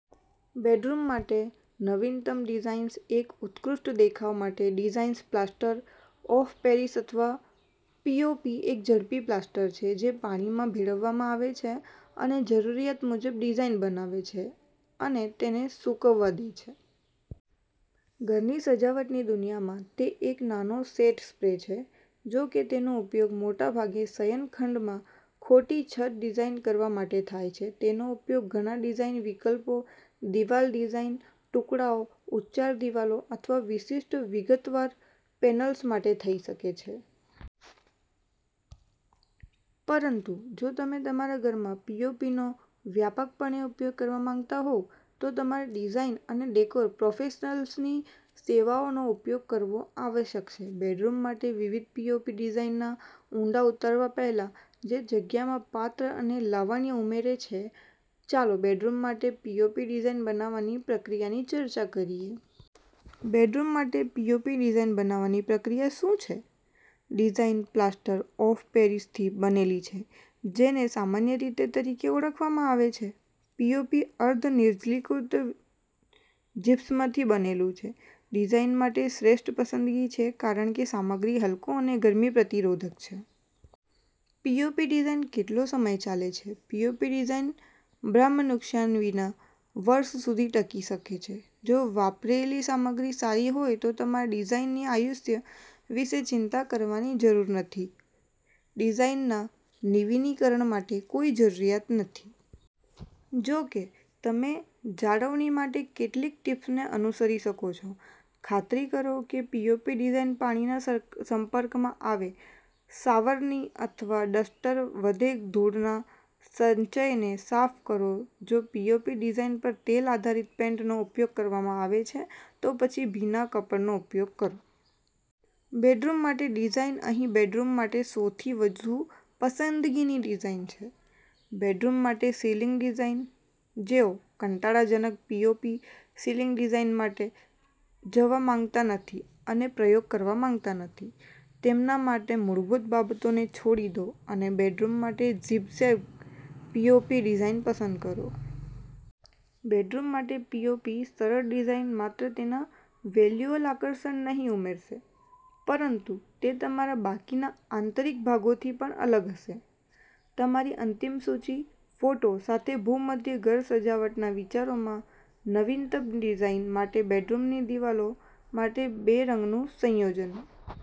Bedroom માટે નવીનતમ designs એક ઉત્કૃષ્ટ દેખાવ માટે ડિઝાઇન્સ પ્લાસ્ટર ઓફ પેરિસ અથવા પીઓપી એક ઝડપી પ્લાસ્ટર છે જે પાણીમાં ભેળવવામાં આવે છે અને જરૂરિયાત મુજબ ડિઝાઇન બનાવે છે અને તેને સૂકવવા દે છે. ઘરની સજાવટની દુનિયામાં તે એક નાનો સેટ સ્પ્રે છે. જો કે તેનો ઉપયોગ મોટાભાગે શયનખંડમાં ખોટી છત ડિઝાઇન કરવા માટે થાય છે, તેનો ઉપયોગ ઘણા ડિઝાઇન વિકલ્પો દિવાલ ડિઝાઇન ટુકડાઓ, ઉચ્ચાર દિવાલો અથવા વિશિષ્ટ વિગતવાર પેનલ્સ માટે થઈ શકે છે. પરંતુ જો તમે તમારા ઘરમાં પીઓપીનો વ્યાપકપણે ઉપયોગ કરવા માંગતા હોવ તો તમારે ડિઝાઇન અને ડેકોર પ્રોફેશનલ્સની સેવાઓનો ઉપયોગ કરવો આવશ્યક છે. બેડરૂમ માટે વિવિધ પીઓપી ડિઝાઇનમાં ઊંડા ઉતરતા પહેલા, જે જગ્યામાં પાત્ર અને લાવણ્ય ઉમેરે છે, ચાલો બેડરૂમ માટે પીઓપી ડિઝાઇન બનાવવાની પ્રક્રિયાની ચર્ચા કરીએ. બેડરૂમ માટે પીઓપી ડિઝાઇન બનાવવાની પ્રક્રિયા શું છે? ડિઝાઇન પ્લાસ્ટર ઑફ પેરિસથી બનેલી છે જેને સામાન્ય રીતે તરીકે ઓળખવામાં આવે છે. પીઓપી અર્ધ નિર્જલીકૃત જીપ્સમથી બનેલું છે. ડિઝાઇન માટે શ્રેષ્ઠ પસંદગી છે કારણ કે સામગ્રી હલકો અને ગરમી પ્રતિરોધક છે. પીઓપી ડિઝાઇન કેટલો સમય ચાલે છે? પીઓપી ડિઝાઇન બાહ્ય નુકસાન વિના વર્ષ સુધી ટકી શકે છે. જો વપરાયેલી સામગ્રી સારી હોય તો તમારે ડિઝાઇનની આયુષ્ય વિશે ચિંતા કરવાની જરૂર નથી. ડિઝાઇનના નવીનીકરણ માટે કોઈ જરૂરિયાત નથી. જો કે, તમે જાળવણી માટે કેટલીક ટીપ્સને અનુસરી શકો છો. ખાતરી કરો કે પીઓપી ડિઝાઇન પાણીના સંપર્કમાં આવે સાવરણી અથવા ડસ્ટર વડે ધૂળના સંચયને સાફ કરો જો પીઓપી ડિઝાઇન પર તેલ આધારિત પેઇન્ટનો ઉપયોગ કરવામાં આવે છે, તો પછી ભીના કપડાનો ઉપયોગ કરો. બેડરૂમ માટે ડિઝાઇન અહીં બેડરૂમ માટે સૌથી વધુ પસંદગીની ડિઝાઇન છે બેડરૂમ માટે સિલિંગ ડિઝાઇન. જેઓ કંટાળાજનક પીઓપી સીલિંગ ડિઝાઇન માટે જવા માંગતા નથી અને પ્રયોગ કરવા માંગતા નથી, તેમના માટે મૂળભૂત બાબતોને છોડી દો અને બેડરૂમ માટે ઝિગ ઝેગ પીઓપી ડિઝાઇન પસંદ કરો. બેડરૂમ માટે પીઓપી સરળ ડિઝાઇન માત્ર તેમાં વિઝ્યુઅલ આકર્ષણ નહીં ઉમેરશે પરંતુ તે તમારા બાકીના આંતરિક ભાગોથી પણ અલગ હશે. તમારી અંતિમ સૂચિ, ફોટા સાથે ભૂમધ્ય ઘર સજાવટના વિચારોમાં નવીનતમ ડિઝાઇન માટે બેડરૂમની દિવાલો માટે બે રંગનું સંયોજન.